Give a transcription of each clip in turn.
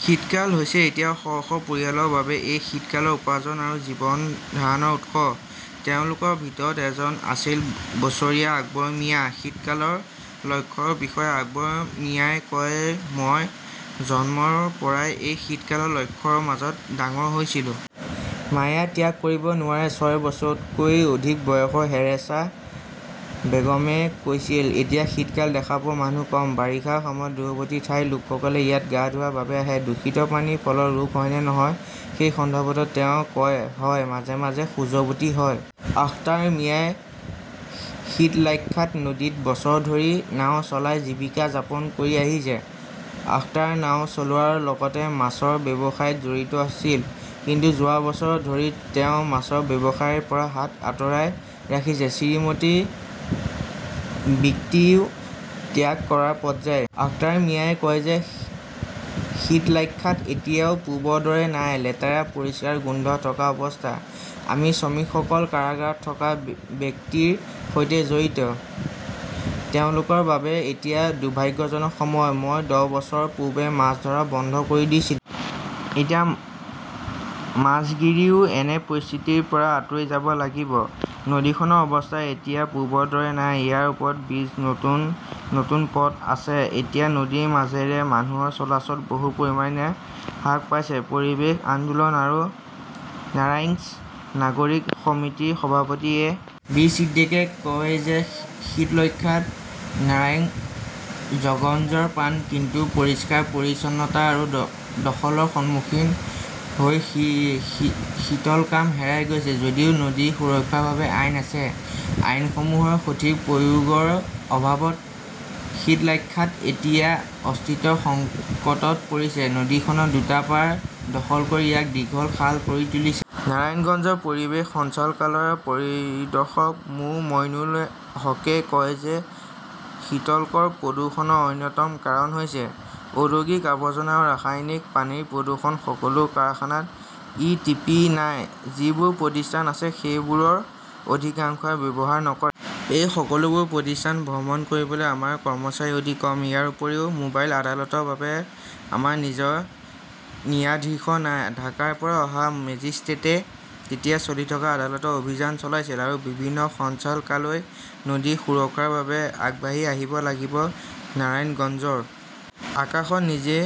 শীতকাল হৈছে এতিয়াও শ -শ পৰিয়ালৰ বাবে এই শীতকালৰ উপাৰ্জন আৰু জীৱন ধাৰণৰ উৎস। তেওঁলোকৰ ভিতৰত এজন আছিল বছৰীয়া আকবৰ মিয়া। শীতকালৰ লক্ষ্যৰ বিষয়ে আকবৰ মিয়াৱে কয়,'মই জন্মৰ পৰাই এই শীতকালৰ লক্ষ্যৰ মাজত ডাঙৰ হৈছিলো'। মায়া ত্যাগ কৰিব নোৱাৰে। ছয় বছৰতকৈ অধিক বয়সৰ হেৰেছা বেগমে কৈছিল, এতিয়া শীতকাল দেখা পোৱা মানুহ কম। বাৰিষাৰ সময়ত দূৰৱৰ্তী ঠাইৰ লোকসকলে ইয়াত গা ধোৱাৰ বাবে আহে। দূষিত পানীৰ ফলত ৰোগ হয় নে নহয় সেই সন্দৰ্ভত তেওঁ কয়, হয় মাজে -মাজে খজুৱতি হয়। আখতাৰ মিয়াই শীতলাক্ষ্যাত নদীত বছৰ ধৰি নাওঁ চলাই জীৱিকা যাপন কৰি আহিছে। আখতাৰ নাওঁ চলোৱাৰ লগতে মাছৰ ব্যৱসায়ত জড়িত আছিল। কিন্তু যোৱা বছৰ ধৰি তেওঁ মাছৰ ব্যৱসায়ৰ পৰা হাত আঁতৰাই ৰাখিছে। শ্ৰীমতীৰ বৃত্তিও ত্যাগ কৰাৰ পৰ্যায়। আখতাৰ মিয়াৱে কয় যে শীতলাক্ষ্যা এতিয়া পূৰ্বৰ দৰে নাই। লেতেৰা, পৰিষ্কাৰ গোন্ধ থকা অৱস্থা। আমি শ্ৰমিকসকল কাৰাগাৰত থকা বৃত্তিৰ সৈতে জড়িত। তেওঁলোকৰ বাবে এতিয়া দুৰ্ভাগ্যজনক সময়। মই দহ বছৰ পূৰ্বে মাছ ধৰা বন্ধ কৰি দিছিলোঁ। এতিয়া মাজগিৰিও এনে পৰিস্থিতিৰ পৰা আঁতৰি যাব লাগিব। নদীখনৰ অৱস্থা এতিয়া পূৰ্বৰ দৰে নাই। ইয়াৰ ওপৰত ব্ৰীজ, নতুন নতুন পথ আছে। এতিয়া নদীৰ মাজেৰে মানুহৰ চলাচল বহু পৰিমাণে হ্ৰাস পাইছে। পৰিৱেশ আন্দোলন আৰু নাৰাংইজ নাগৰিক সমিতিৰ সভাপতি এ. বি. ছিদ্দিকে কয় যে শীতলক্ষ্যা নাৰাংইজগঞ্জৰ প্ৰাণ। কিন্তু পৰিষ্কাৰ-পৰিচ্ছন্নতা আৰু দখ দখলৰ সন্মুখীন হৈ শীতলকাম হেৰাই গৈছে, যদিও নদী সুৰক্ষাৰ বাবে আইন আছে ,আইনসমূহৰ সঠিক প্ৰয়োগৰ অভাৱত শীতলাক্ষ্যা এতিয়া অস্তিত্বৰ সংকটত পৰিছে। নদীখনৰ দুটা পাৰ দখল কৰি ইয়াক দীঘল খাল কৰি তুলিছে। নাৰায়ণগঞ্জৰ পৰিৱেশ সঞ্চালকালয়ৰ পৰিদৰ্শক মো. মইনুল হকই কয় যে শীতলকৰ প্ৰদূষণৰ অন্যতম কাৰণ হৈছে ঔদ্যোগিক আৱৰ্জনা আৰু ৰাসায়নিক পানীৰ প্ৰদূষণ। সকলো কাৰখানাত ই টি পি নাই। যিবোৰ প্ৰতিষ্ঠান আছে সেইবোৰৰ অধিকাংশই ব্যৱহাৰ নকৰে। এই সকলোবোৰ প্ৰতিষ্ঠান ভ্ৰমণ কৰিবলৈ আমাৰ কৰ্মচাৰী অতি কম। ইয়াৰ উপৰিও মোবাইল আদালতৰ বাবে আমাৰ নিজৰ ন্যায়াধীশ নাই। ঢাকাৰ পৰা অহা মেজিস্ট্ৰেটে তেতিয়া চলি থকা আদালতৰ অভিযান চলাইছিল। আৰু বিভিন্ন সঞ্চালকালয়ই নদী সুৰক্ষাৰ বাবে আগবাঢ়ি আহিব লাগিব। নাৰায়ণগঞ্জৰ আকাশত নিজে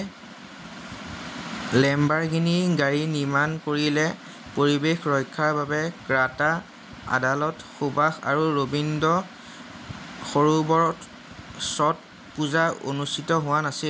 লেম্বাৰগিনি গাড়ী নিৰ্মাণ কৰিলে। পৰিৱেশ ৰক্ষাৰ বাবে ত্ৰাতা আদালত সুভাষ আৰু ৰবীন্দ্ৰ সৰোবৰত ছট পূজা অনুষ্ঠিত হোৱা নাছিল।